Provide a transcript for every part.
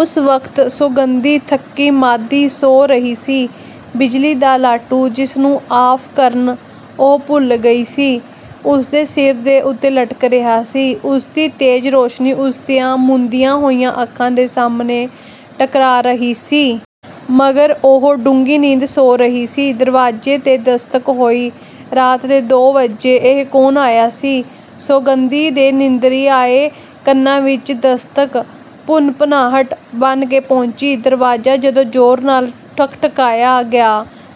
ਉਸ ਵਕਤ ਸੌਗੰਧੀ ਥੱਕੀ ਮਾਂਦੀ ਸੌਂ ਰਹੀ ਸੀ। ਬਿਜਲੀ ਦਾ ਲਾਟੂ, ਜਿਸ ਨੂੰ ਆਫ਼ ਕਰਨ ਉਹ ਭੁੱਲ ਗਈ ਸੀ, ਉਸਦੇ ਸਿਰ ਦੇ ਉੱਤੇ ਲਟਕ ਰਿਹਾ ਸੀ। ਉਸਦੀ ਤੇਜ਼ ਰੌਸ਼ਨੀ ਉਸਦੀਆਂ ਮੁੰਦੀਆਂ ਹੋਈਆਂ ਅੱਖਾਂ ਦੇ ਸਾਹਮਣੇ ਟਕਰਾ ਰਹੀ ਸੀ। ਮਗਰ ਉਹ ਡੂੰਘੀ ਨੀਂਦ ਸੌਂ ਰਹੀ ਸੀ। ਦਰਵਾਜ਼ੇ ਤੇ ਦਸਤਕ ਹੋਈ। ਰਾਤ ਦੇ ਦੋ ਵਜੇ ਇਹ ਕੌਣ ਆਇਆ ਸੀ? ਸੌਗੰਧੀ ਦੇ ਨਿੰਦਰਿਆਏ ਕੰਨਾਂ ਵਿੱਚ ਦਸਤਕ ਭੁਨਭੁਨਾਹਟ ਬਣ ਕੇ ਪਹੁੰਚੀ। ਦਰਵਾਜ਼ਾ ਜਦੋਂ ਜ਼ੋਰ ਨਾਲ ਠਕਠਕਾਇਆ ਗਿਆ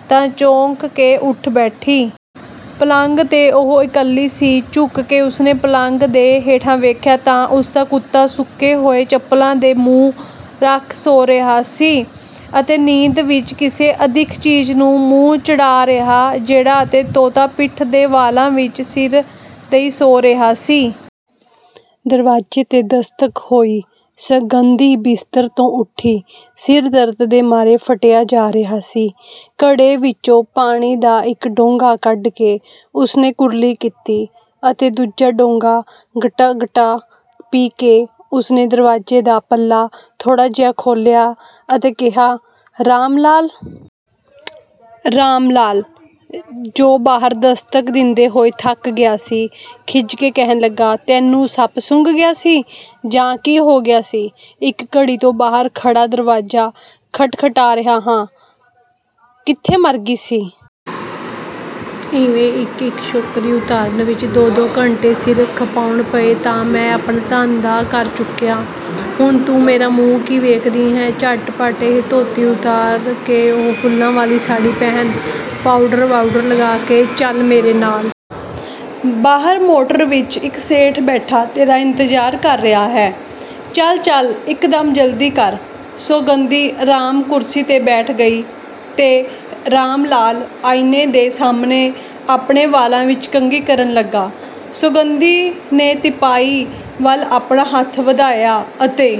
ਤਾਂ ਚੌਂਕ ਕੇ ਉਠ ਬੈਠੀ। ਪਲੰਗ ਤੇ ਉਹ ਇਕੱਲੀ ਸੀ। ਝੁਕ ਕੇ ਉਸਨੇ ਪਲੰਗ ਦੇ ਹੇਠਾਂ ਵੇਖਿਆ ਤਾਂ ਉਸਦਾ ਕੁੱਤਾ ਸੁੱਕੇ ਹੋਏ ਚੱਪਲਾਂ ਤੇ ਮੂੰਹ ਰੱਖ ਸੌਂ ਰਿਹਾ ਸੀ ਅਤੇ ਨੀਂਦ ਵਿੱਚ ਕਿਸੇ ਅਦਿੱਖ ਚੀਜ਼ ਨੂੰ ਮੂੰਹ ਚਿੜਾ ਰਿਹਾ ਜਿਹੜਾ ਅਤੇ ਤੋਤਾ ਪਿੱਠ ਦੇ ਵਾਲਾਂ ਵਿੱਚ ਸਿਰ ਦਈਂ ਸੌਂ ਰਿਹਾ ਸੀ। ਦਰਵਾਜ਼ੇ ਤੇ ਦਸਤਕ ਹੋਈ। ਸੌਗੰਧੀ ਬਿਸਤਰ ਤੋਂ ਉੱਠੀ। ਸਿਰ ਦਰਦ ਦੇ ਮਾਰੇ ਫੱਟਿਆ ਜਾ ਰਿਹਾ ਸੀ। ਘੜੇ ਵਿੱਚੋਂ ਪਾਣੀ ਦਾ ਇੱਕ ਡੋਂਗਾ ਕੱਢ ਕੇ ਉਸਨੇ ਕੁਰਲੀ ਕੀਤੀ ਅਤੇ ਦੂਜਾ ਡੋਂਗਾ ਗਟਾ ਗਟਾ ਪੀ ਕੇ ਉਸਨੇ ਦਰਵਾਜ਼ੇ ਦਾ ਪੱਲਾ ਥੋੜ੍ਹਾ ਜਿਹਾ ਖੋਲ੍ਹਿਆ ਅਤੇ ਕਿਹਾ, "ਰਾਮਲਾਲ?" ਰਾਮ ਲਾਲ, ਜੋ ਬਾਹਰ ਦਸਤਕ ਦਿੰਦੇ ਹੋਏ ਥੱਕ ਗਿਆ ਸੀ, ਖਿਝ ਕੇ ਕਹਿਣ ਲੱਗਾ, "ਤੈਨੂੰ ਸੱਪ ਸੂੰਘ ਗਿਆ ਸੀ ਜਾਂ ਕੀ ਹੋ ਗਿਆ ਸੀ? ਇੱਕ ਘੜੀ ਤੋਂ ਬਾਹਰ ਖੜਾ ਦਰਵਾਜ਼ਾ ਖਟਖਟਾ ਰਿਹਾ ਹਾਂ, ਕਿੱਥੇ ਮਰ ਗਈ ਸੀ?" ਇਵੇਂ ਇੱਕ ਇੱਕ ਛੋਕਰੀ ਉਤਾਰਨ ਵਿੱਚ ਦੋ ਦੋ ਘੰਟੇ ਸਿਰ ਖਪਾਉਣਾ ਪਏ ਤਾਂ ਮੈਂ ਆਪਣਾ ਧੰਦਾ ਕਰ ਚੁੱਕਿਆ। ਹੁਣ ਤੂੰ ਮੇਰਾ ਮੂੰਹ ਕੀ ਵੇਖਦੀ ਹੈਂ। ਝਟਪਟ ਇਹ ਧੋਤੀ ਉਤਾਰ ਕੇ ਉਹ ਫੁੱਲਾਂ ਵਾਲੀ ਸਾੜ੍ਹੀ ਪਹਿਨ, ਪਾਉਡਰ-ਵਾਉਡਰ ਲਗਾ ਅਤੇ ਚੱਲ ਮੇਰੇ ਨਾਲ਼। ਬਾਹਰ ਮੋਟਰ ਵਿੱਚ ਇੱਕ ਸੇਠ ਬੈਠਾ ਤੇਰਾ ਇੰਤਜ਼ਾਰ ਕਰ ਰਿਹਾ ਹੈ। ਚੱਲ ਚੱਲ ਇੱਕ ਦਮ ਜਲਦੀ ਕਰ।" ਸੌਗੰਧੀ ਆਰਾਮ ਕੁਰਸੀ ਤੇ ਬੈਠ ਗਈ ਅਤੇ ਰਾਮਲਾਲ ਆਈਨੇ ਦੇ ਸਾਹਮਣੇ ਆਪਣੇ ਵਾਲਾਂ ਵਿੱਚ ਕੰਘੀ ਕਰਨ ਲੱਗਾ। ਸੌਗੰਧੀ ਨੇ ਤਿਪਾਈ ਵੱਲ ਆਪਣਾ ਹੱਥ ਵਧਾਇਆ ਅਤੇ